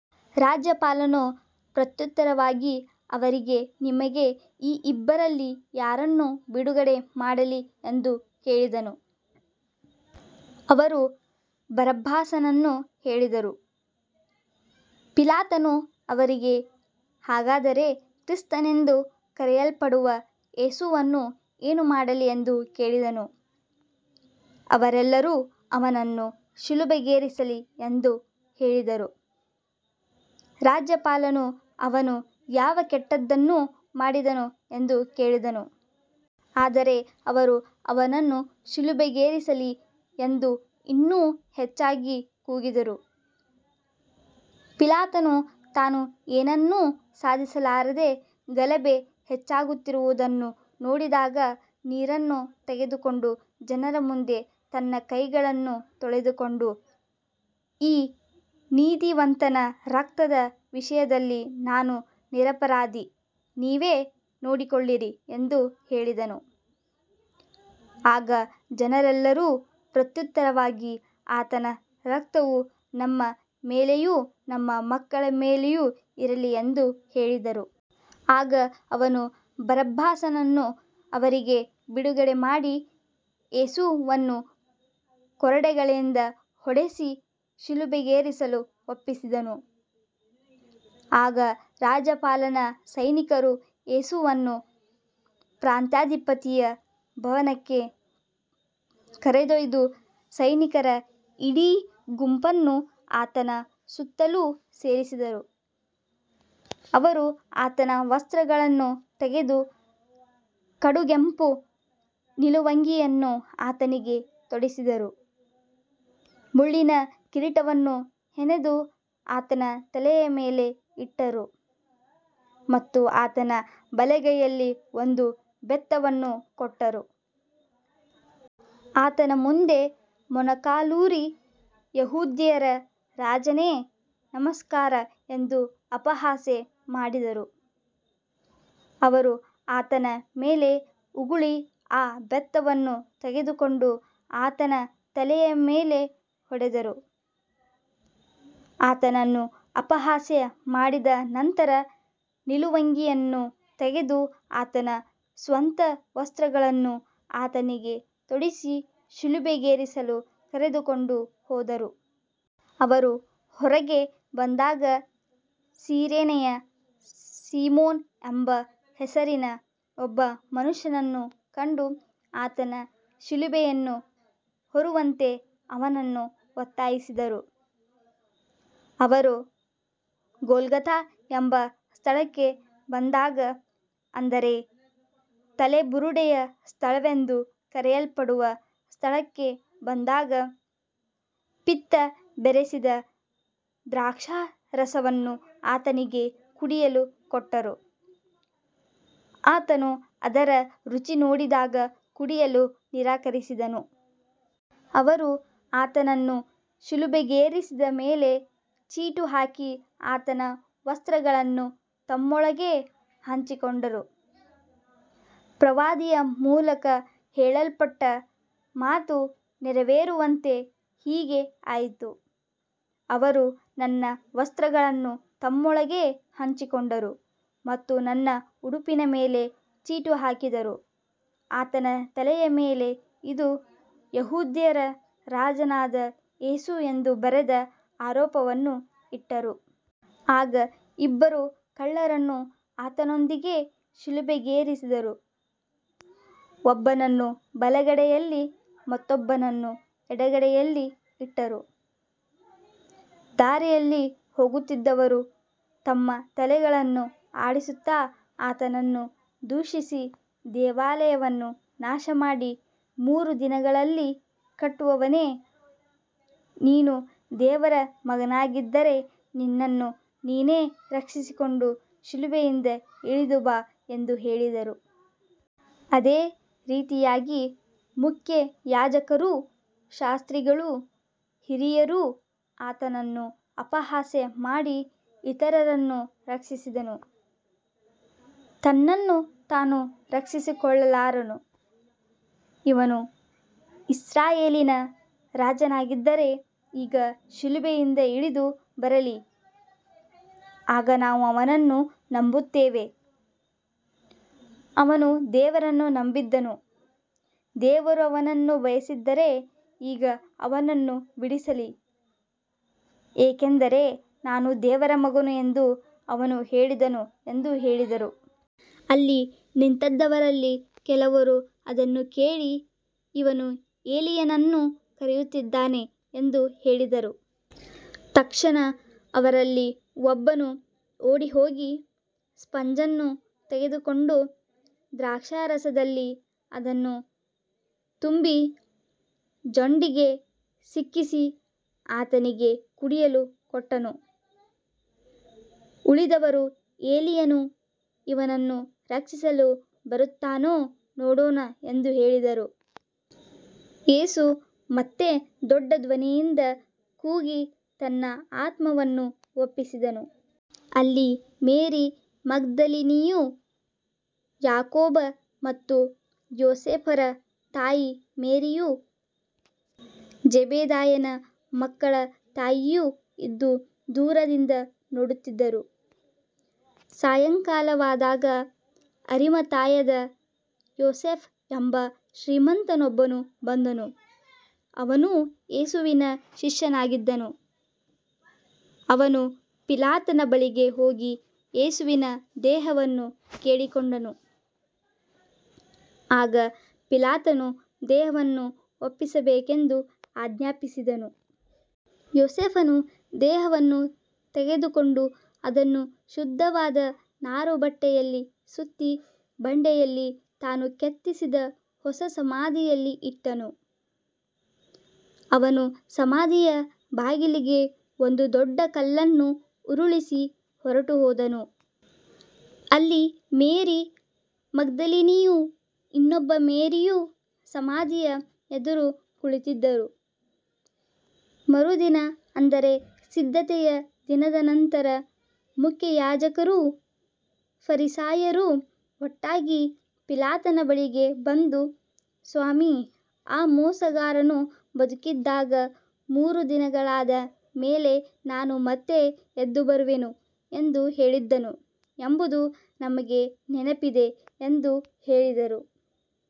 ರಾಜ್ಯಪಾಲನು ಪ್ರತ್ಯುತ್ತರವಾಗಿ ಅವರಿಗೆ, ನಿಮಗೆ ಈ ಇಬ್ಬರಲ್ಲಿ ಯಾರನ್ನು ಬಿಡುಗಡೆ ಮಾಡಲಿ ಎಂದು ಕೇಳಿದನು. ಅವರು ಬರಬ್ಬಾಸನನ್ನು ಹೇಳಿದರು. ಪಿಲಾತನು ಅವರಿಗೆ, ಹಾಗಾದರೆ ಕ್ರಿಸ್ತನೆಂದು ಕರೆಯಲ್ಪಡುವ ಯೇಸುವನ್ನು ಏನು ಮಾಡಲಿ ಎಂದು ಕೇಳಿದನು. ಅವರೆಲ್ಲರೂ, ಅವನನ್ನು ಶಿಲುಬೆಗೇರಿಸಲಿ ಎಂದು ಹೇಳಿದರು. ರಾಜ್ಯಪಾಲನು, ಅವನು ಯಾವ ಕೆಟ್ಟದ್ದನ್ನು ಮಾಡಿದನು ಎಂದು ಕೇಳಿದನು. ಆದರೆ ಅವರು, ಅವನನ್ನು ಶಿಲುಬೆಗೇರಿಸಲಿ ಎಂದು ಇನ್ನೂ ಹೆಚ್ಚಾಗಿ ಕೂಗಿದರು. ಪಿಲಾತನು ತಾನು ಏನನ್ನೂ ಸಾಧಿಸಲಾರದೆ ಗಲಭೆ ಹೆಚ್ಚಾಗುತ್ತಿರುವುದನ್ನು ನೋಡಿದಾಗ ನೀರನ್ನು ತೆಗೆದುಕೊಂಡು ಜನರ ಮುಂದೆ ತನ್ನ ಕೈಗಳನ್ನು ತೊಳೆದುಕೊಂಡು, ಈ ನೀತಿವಂತನ ರಕ್ತದ ವಿಷಯದಲ್ಲಿ ನಾನು ನಿರಪರಾಧಿ, ನೀವೇ ನೋಡಿಕೊಳ್ಳಿರಿ ಎಂದು ಹೇಳಿದನು. ಆಗ ಜನರೆಲ್ಲರೂ ಪ್ರತ್ಯುತ್ತರವಾಗಿ, ಆತನ ರಕ್ತವು ನಮ್ಮ ಮೇಲೆಯೂ ನಮ್ಮ ಮಕ್ಕಳ ಮೇಲೆಯೂ ಇರಲಿ ಎಂದು ಹೇಳಿದರು. ಆಗ ಅವನು ಬರಬ್ಬಾಸನನ್ನು ಅವರಿಗೆ ಬಿಡುಗಡೆಮಾಡಿ ಯೇಸುವನ್ನು ಕೊರಡೆಗಳಿಂದ ಹೊಡೆಸಿ ಶಿಲುಬೆಗೇರಿಸಲು ಒಪ್ಪಿಸಿದನು. ಆಗ ರಾಜ್ಯಪಾಲನ ಸೈನಿಕರು ಯೇಸುವನ್ನು ಪ್ರಾಂತಾಧಿಪತಿಯ ಭವನಕ್ಕೆ ಕರೆದೊಯ್ದು ಸೈನಿಕರ ಇಡೀ ಗುಂಪನ್ನು ಆತನ ಸುತ್ತಲೂ ಸೇರಿಸಿದರು. ಅವರು ಆತನ ವಸ್ತ್ರಗಳನ್ನು ತೆಗೆದು ಕಡುಗೆಂಪು ನಿಲುವಂಗಿಯನ್ನು ಆತನಿಗೆ ತೊಡಿಸಿದರು. ಮುಳ್ಳಿನ ಕಿರೀಟವನ್ನು ಹೆಣೆದು ಆತನ ತಲೆಯ ಮೇಲೆ ಇಟ್ಟರು ಮತ್ತು ಆತನ ಬಲಗೈಯಲ್ಲಿ ಒಂದು ಬೆತ್ತವನ್ನು ಕೊಟ್ಟರು. ಆತನ ಮುಂದೆ ಮೊಣಕಾಲೂರಿ, ಯೆಹೂದ್ಯರ ರಾಜನೇ, ನಮಸ್ಕಾರ ಎಂದು ಅಪಹಾಸ್ಯ ಮಾಡಿದರು. ಅವರು ಆತನ ಮೇಲೆ ಉಗುಳಿ ಆ ಬೆತ್ತವನ್ನು ತೆಗೆದುಕೊಂಡು ಆತನ ತಲೆಯ ಮೇಲೆ ಹೊಡೆದರು. ಆತನನ್ನು ಅಪಹಾಸ್ಯ ಮಾಡಿದ ನಂತರ ನಿಲುವಂಗಿಯನ್ನು ತೆಗೆದು ಆತನ ಸ್ವಂತ ವಸ್ತ್ರಗಳನ್ನು ಆತನಿಗೆ ತೊಡಿಸಿ, ಶಿಲುಬೆಗೇರಿಸಲು ಕರೆದುಕೊಂಡು ಹೋದರು. ಅವರು ಹೊರಗೆ ಬಂದಾಗ ಸಿರೇನೆಯ ಸೀಮೋನ ಎಂಬ ಹೆಸರಿನ ಒಬ್ಬ ಮನುಷ್ಯನನ್ನು ಕಂಡು, ಆತನ ಶಿಲುಬೆಯನ್ನು ಹೊರುವಂತೆ ಅವನನ್ನು ಒತ್ತಾಯಿಸಿದರು. ಅವರು ಗೊಲ್ಗೊಥಾ ಎಂಬ ಸ್ಥಳಕ್ಕೆ ಬಂದಾಗ, ಅಂದರೆ ತಲೆಬುರುಡೆಯ ಸ್ಥಳವೆಂದು ಕರೆಯಲ್ಪಡುವ ಸ್ಥಳಕ್ಕೆ ಬಂದಾಗ, ಪಿತ್ತ ಬೆರೆಸಿದ ದ್ರಾಕ್ಷಾರಸವನ್ನು ಆತನಿಗೆ ಕುಡಿಯಲು ಕೊಟ್ಟರು. ಆತನು ಅದರ ರುಚಿ ನೋಡಿದಾಗ ಕುಡಿಯಲು ನಿರಾಕರಿಸಿದನು. ಅವರು ಆತನನ್ನು ಶಿಲುಬೆಗೇರಿಸಿದ ಮೇಲೆ ಚೀಟು ಹಾಕಿ ಆತನ ವಸ್ತ್ರಗಳನ್ನು ತಮ್ಮೊಳಗೆ ಹಂಚಿಕೊಂಡರು. ಪ್ರವಾದಿಯ ಮೂಲಕ ಹೇಳಲ್ಪಟ್ಟ ಮಾತು ನೆರವೇರುವಂತೆ ಹೀಗೆ ಆಯಿತು, ಅವರು ನನ್ನ ವಸ್ತ್ರಗಳನ್ನು ತಮ್ಮೊಳಗೆ ಹಂಚಿಕೊಂಡರು ಮತ್ತು ನನ್ನ ಉಡುಪಿನ ಮೇಲೆ ಚೀಟು ಹಾಕಿದರು. ಆತನ ತಲೆಯ ಮೇಲೆ, ಇದು ಯೆಹೂದ್ಯರ ರಾಜನಾದ ಯೇಸು ಎಂದು ಬರೆದ ಆರೋಪವನ್ನು ಇಟ್ಟರು. ಆಗ ಇಬ್ಬರು ಕಳ್ಳರನ್ನು ಆತನೊಂದಿಗೆ ಶಿಲುಬೆಗೇರಿಸಿದರು, ಒಬ್ಬನನ್ನು ಬಲಗಡೆಯಲ್ಲಿ ಮತ್ತೊಬ್ಬನನ್ನು ಎಡಗಡೆಯಲ್ಲಿ ಇಟ್ಟರು. ದಾರಿಯಲ್ಲಿ ಹೋಗುತ್ತಿದ್ದವರು ತಮ್ಮ ತಲೆಗಳನ್ನು ಆಡಿಸುತ್ತಾ ಆತನನ್ನು ದೂಷಿಸಿ, ದೇವಾಲಯವನ್ನು ನಾಶಮಾಡಿ ಮೂರು ದಿನಗಳಲ್ಲಿ ಕಟ್ಟುವವನೇ, ನೀನು ದೇವರ ಮಗನಾಗಿದ್ದರೆ ನಿನ್ನನ್ನು ನೀನೇ ರಕ್ಷಿಸಿಕೊಂಡು ಶಿಲುಬೆಯಿಂದ ಇಳಿದು ಬಾ ಎಂದು ಹೇಳಿದರು. ಅದೇ ರೀತಿಯಾಗಿ ಮುಖ್ಯಯಾಜಕರೂ ಶಾಸ್ತ್ರಿಗಳೂ ಹಿರಿಯರೂ ಆತನನ್ನು ಅಪಹಾಸ್ಯ ಮಾಡಿ, ಇತರರನ್ನು ರಕ್ಷಿಸಿದನು, ತನ್ನನ್ನು ತಾನು ರಕ್ಷಿಸಿಕೊಳ್ಳಲಾರನು. ಇವನು ಇಸ್ರಾಯೇಲಿನ ರಾಜನಾಗಿದ್ದರೆ ಈಗ ಶಿಲುಬೆಯಿಂದ ಇಳಿದು ಬರಲಿ, ಆಗ ನಾವು ಅವನನ್ನು ನಂಬುತ್ತೇವೆ. ಅವನು ದೇವರನ್ನು ನಂಬಿದ್ದನು, ದೇವರು ಅವನನ್ನು ಬಯಸಿದ್ದರೆ ಈಗ ಅವನನ್ನು ಬಿಡಿಸಲಿ, ಏಕೆಂದರೆ ನಾನು ದೇವರ ಮಗನು ಎಂದು ಅವನು ಹೇಳಿದನು ಎಂದು ಹೇಳಿದರು. ಅಲ್ಲಿ ನಿಂತಿದ್ದವರಲ್ಲಿ ಕೆಲವರು ಅದನ್ನು ಕೇಳಿ, ಇವನು ಏಲೀಯನನ್ನು ಕರೆಯುತ್ತಿದ್ದಾನೆ ಎಂದು ಹೇಳಿದರು. ತಕ್ಷಣ ಅವರಲ್ಲಿ ಒಬ್ಬನು ಓಡಿಹೋಗಿ ಸ್ಪಂಜನ್ನು ತೆಗೆದುಕೊಂಡು ದ್ರಾಕ್ಷಾರಸದಲ್ಲಿ ಅದನ್ನು ತುಂಬಿ ಜೊಂಡಿಗೆ ಸಿಕ್ಕಿಸಿ ಆತನಿಗೆ ಕುಡಿಯಲು ಕೊಟ್ಟನು. ಉಳಿದವರು, ಏಲೀಯನು ಇವನನ್ನು ರಕ್ಷಿಸಲು ಬರುತ್ತಾನೋ ನೋಡೋಣ ಎಂದು ಹೇಳಿದರು. ಯೇಸು ಮತ್ತೆ ದೊಡ್ಡ ಧ್ವನಿಯಿಂದ ಕೂಗಿ ತನ್ನ ಆತ್ಮವನ್ನು ಒಪ್ಪಿಸಿದನು. ಅಲ್ಲಿ ಮೇರಿ ಮಗ್ದಲಿನಿಯೂ, ಯಾಕೋಬ ಮತ್ತು ಯೋಸೇಫರ ತಾಯಿ ಮೇರಿಯೂ, ಜೆಬೆದಾಯನ ಮಕ್ಕಳ ತಾಯಿಯೂ ಇದ್ದು ದೂರದಿಂದ ನೋಡುತ್ತಿದ್ದರು. ಸಾಯಂಕಾಲವಾದಾಗ ಅರಿಮಥಾಯದ ಯೋಸೇಫ ಎಂಬ ಶ್ರೀಮಂತನೊಬ್ಬನು ಬಂದನು, ಅವನೂ ಯೇಸುವಿನ ಶಿಷ್ಯನಾಗಿದ್ದನು. ಅವನು ಪಿಲಾತನ ಬಳಿಗೆ ಹೋಗಿ ಯೇಸುವಿನ ದೇಹವನ್ನು ಕೇಳಿಕೊಂಡನು. ಆಗ ಪಿಲಾತನು ದೇಹವನ್ನು ಒಪ್ಪಿಸಬೇಕೆಂದು ಆಜ್ಞಾಪಿಸಿದನು. ಯೋಸೇಫನು ದೇಹವನ್ನು ತೆಗೆದುಕೊಂಡು ಅದನ್ನು ಶುದ್ಧವಾದ ನಾರುಬಟ್ಟೆಯಲ್ಲಿ ಸುತ್ತಿ, ಬಂಡೆಯಲ್ಲಿ ತಾನು ಕೆತ್ತಿಸಿದ್ದ ಹೊಸ ಸಮಾಧಿಯಲ್ಲಿ ಇಟ್ಟನು. ಅವನು ಸಮಾಧಿಯ ಬಾಗಿಲಿಗೆ ಒಂದು ದೊಡ್ಡ ಕಲ್ಲನ್ನು ಉರುಳಿಸಿ ಹೊರಟುಹೋದನು. ಅಲ್ಲಿ ಮೇರಿ ಮಗ್ದಲಿನಿಯೂ ಇನ್ನೊಬ್ಬ ಮೇರಿಯೂ ಸಮಾಧಿಯ ಎದುರು ಕುಳಿತಿದ್ದರು. ಮರುದಿನ, ಅಂದರೆ ಸಿದ್ಧತೆಯ ದಿನದ ನಂತರ, ಮುಖ್ಯಯಾಜಕರೂ ಫರಿಸಾಯರೂ ಒಟ್ಟಾಗಿ ಪಿಲಾತನ ಬಳಿಗೆ ಬಂದು, ಸ್ವಾಮಿ, ಆ ಮೋಸಗಾರನು ಬದುಕಿದ್ದಾಗ, ಮೂರು ದಿನಗಳಾದ ಮೇಲೆ ನಾನು ಮತ್ತೆ ಎದ್ದುಬರುವೆನು ಎಂದು ಹೇಳಿದ್ದನು ಎಂಬುದು ನಮಗೆ ನೆನಪಿದೆ ಎಂದು ಹೇಳಿದರು.